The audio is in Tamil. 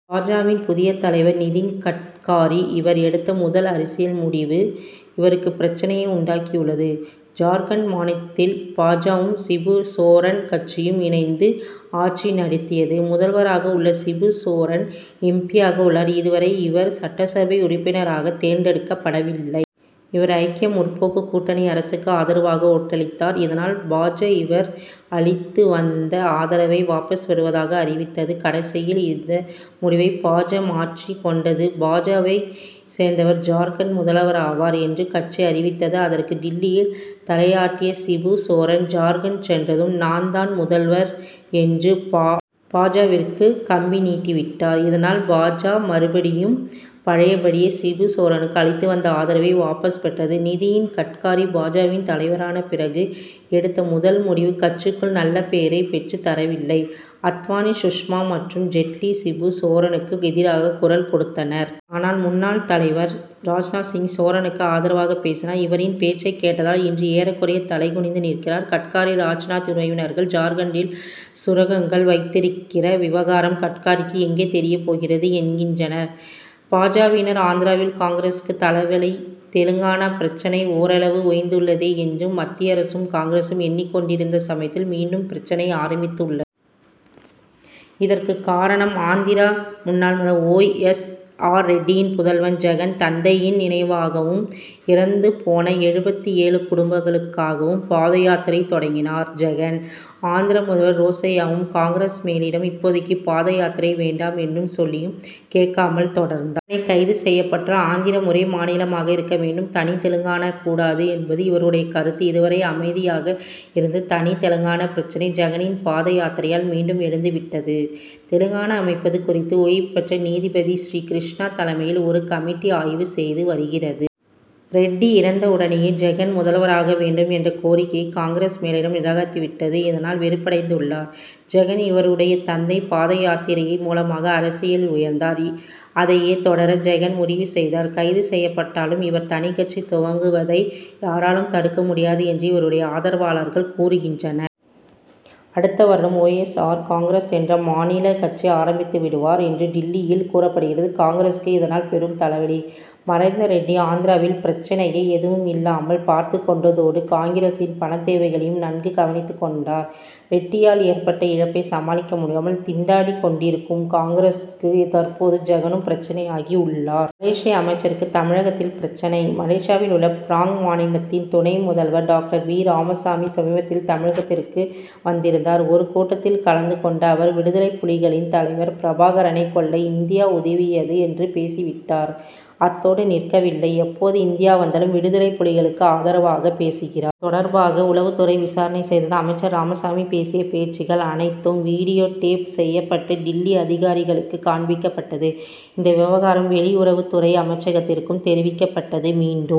பா. ஜ.,வின் புதிய தலைவர் நிதின் கட்காரி. இவர் எடுத்த முதல் அரசியல் முடிவு இவருக்கு பிரச்னையை உண்டாக்கியுள்ளது. ஜார்க்கண்ட் மாநிலத்தில் பா. ஜ.,வும், சிபு சோரன் கட்சியும் இணைந்து ஆட்சி நடத்தியது. முதல்வராக உள்ள சிபு சோரன், எம். பி.,யாக உள்ளார். இதுவரை இவர் சட்டசபை உறுப்பினராக தேர்ந்தெடுக்கப்படவில்லை. இவர் ஐக்கிய முற்போக்கு கூட்டணி அரசுக்கு ஆதரவாக ஓட்டளித்தார். இதனால், பா. ஜ., இவருக்கு அளித்து வந்த ஆதரவை வாபஸ் பெறுவதாக அறிவித்தது. கடைசியில் இந்த முடிவை பா. ஜ., மாற்றிக் கொண்டது. பா. ஜ.,வைச் சேர்ந்தவர் ஜார்க்கண்ட் முதல்வராவார் என்று கட்சி அறிவித்தது. அதற்கு டில்லியில் தலையாட்டிய சிபு சோரன், "ஜார்க்கண்ட் சென்றதும் நான் தான் முதல்வர்' என்று, பா. ஜ.,விற்கு கம்பி நீட்டிவிட்டார். இதனால், பா. ஜ., மறுபடியும் பழைய படியே, சிபுசோரனுக்கு அளித்து வந்த ஆதரவை வாபஸ் பெற்றது. நிதின் கட்காரி பா. ஜ.,வின் தலைவரான பிறகு, எடுத்த முதல் முடிவு கட்சிக்குள் நல்ல பெயரைப் பெற்றுத் தரவில்லை. அத்வானி, சுஷ்மா மற்றும் ஜெட்லி, சிபு சோரனுக்கு எதிராக குரல் கொடுத்தனர். ஆனால், முன்னாள் தலைவர் ராஜ்நாத் சிங், சோரனுக்கு ஆதரவாகப் பேசினார். இவரின் பேச்சைக் கேட்டதால், இன்று ஏறக்குறைய தலை குனிந்து நிற்கிறார் கட்காரி. ராஜ்நாத்தின் உறவினர்கள் ஜார்க்கண்டில் சுரங்கங்கள் வைத்திருக்கிற விவகாரம் கட்காரிக்கு எங்கே தெரியப் போகிறது? என்கின்றனர் பா. ஜ.,வினர். ஆந்திராவில் காங்கிரசுக்கு தலைவலி: தெலுங்கானா பிரச்னை ஓரளவு ஓய்ந்துள்ளதே என்று மத்திய அரசும், காங்கிரசும் எண்ணிக் கொண்டிருந்த சமயத்தில், மீண்டும் பிரச்னை ஆரம்பித்துள்ளது. இதற்கு காரணம் ஆந்திரா முன்னாள் முதல்வர் ஒய். எஸ். ஆர் ரெட்டியின் புதல்வன் ஜெகன். தந்தையின் நினைவாகவும், இறந்து போன எழுபத்து ஏழு குடும்பங்களுக்காகவும் பாத யாத்திரை தொடங்கினார் ஜெகன். ஆந்திர முதல்வர் ரோசய்யாவும், காங்கிரஸ் மேலிடமும் இப்போதைக்கு பாத யாத்திரை வேண்டாம் என்று சொல்லியும் கேட்காமல் தொடர்ந்தா உடனே கைது செய்யப்பட்டார். ஆந்திரம் ஒரே மாநிலமாக இருக்க வேண்டும்; தனி தெலுங்கானா கூடாது என்பது இவருடைய கருத்து. இதுவரை அமைதியாக இருந்த தனி தெலுங்கானா பிரச்னை, ஜெகனின் பாத யாத்திரையால் மீண்டும் எழுந்துவிட்டது. தெலுங்கானா அமைப்பது குறித்து ஓய்வுபெற்ற நீதிபதி ஸ்ரீ கிருஷ்ணா தலைமையில் ஒரு கமிட்டி ஆய்வு செய்து வருகிறது. ரெட்டி இறந்த உடனேயே ஜெகன் முதல்வராக வேண்டும் என்ற கோரிக்கையை காங்., மேலிடம் நிராகரித்துவிட்டது. இதனால், வெறுப்படைந்துள்ளார் ஜெகன். இவருடைய தந்தை பாத யாத்திரை மூலமாகவே அரசியலில் உயர்ந்தார். அதையே தொடர ஜெகன் முடிவு செய்தார். கைது செய்யப்பட்டாலும் இவர் தனிக் கட்சி துவங்குவதை யாராலும் தடுக்க முடியாது' என்று இவருடைய ஆதரவாளர்கள் கூறுகின்றனர். அடுத்த வருடம் ஒய். எஸ். ஆர்., காங்கிரஸ் என்று மாநில கட்சி ஆரம்பித்துவிடுவார் என்று டில்லியில் கூறப்படுகிறது. காங்கிரசுக்கு இதனால் பெரும் தலைவலி. மறைந்த ரெட்டி ஆந்திராவில் பிரச்னை எதுவும் இல்லாமல் பார்த்துக் கொண்டதோடு காங்கிரசின் பணத்தேவைகளையும் நன்கு கவனித்துக் கொண்டார். ரெட்டியால் ஏற்பட்ட இழப்பை சமாளிக்க முடியாமல் திண்டாடிக் கொண்டிருக்கும் காங்கிரசுக்கு தற்போது ஜெகனும் பிரச்னையாகியுள்ளார். மலேசிய அமைச்சருக்கு தமிழகத்தில் பிரச்னை: மலேசியாவிலுள்ள பினாங் மாநிலத்தின் துணை முதல்வர் டாக்டர் பி. ராமசாமி சமீபத்தில் தமிழகத்திற்கு வந்திருந்தார். ஒரு கூட்டத்தில் கலந்து கொண்ட அவர், விடுதலைப்புலிகளின் தலைவர் பிரபாகரனைக் கொல்ல இந்தியா உதவியது என்று பேசிவிட்டார். அத்தோடு நிற்கவில்லை; எப்போது இந்தியா வந்தாலும் விடுதலைப்புலிகளுக்கு ஆதரவாகப் பேசுகிறார். இது தொடர்பாக உளவுத்துறை விசாரணை செய்தது. அமைச்சர் ராமசாமி பேசிய பேச்சுக்கள் அனைத்தும் வீடியோ டேப் செய்யப்பட்டு டில்லி அதிகாரிகளுக்குக் காண்பிக்கப்பட்டது. இந்த விவகாரம் வெளியுறவுத்துறை அமைச்சகத்திற்கும் தெரிவிக்கப்பட்டது. மீண்டும்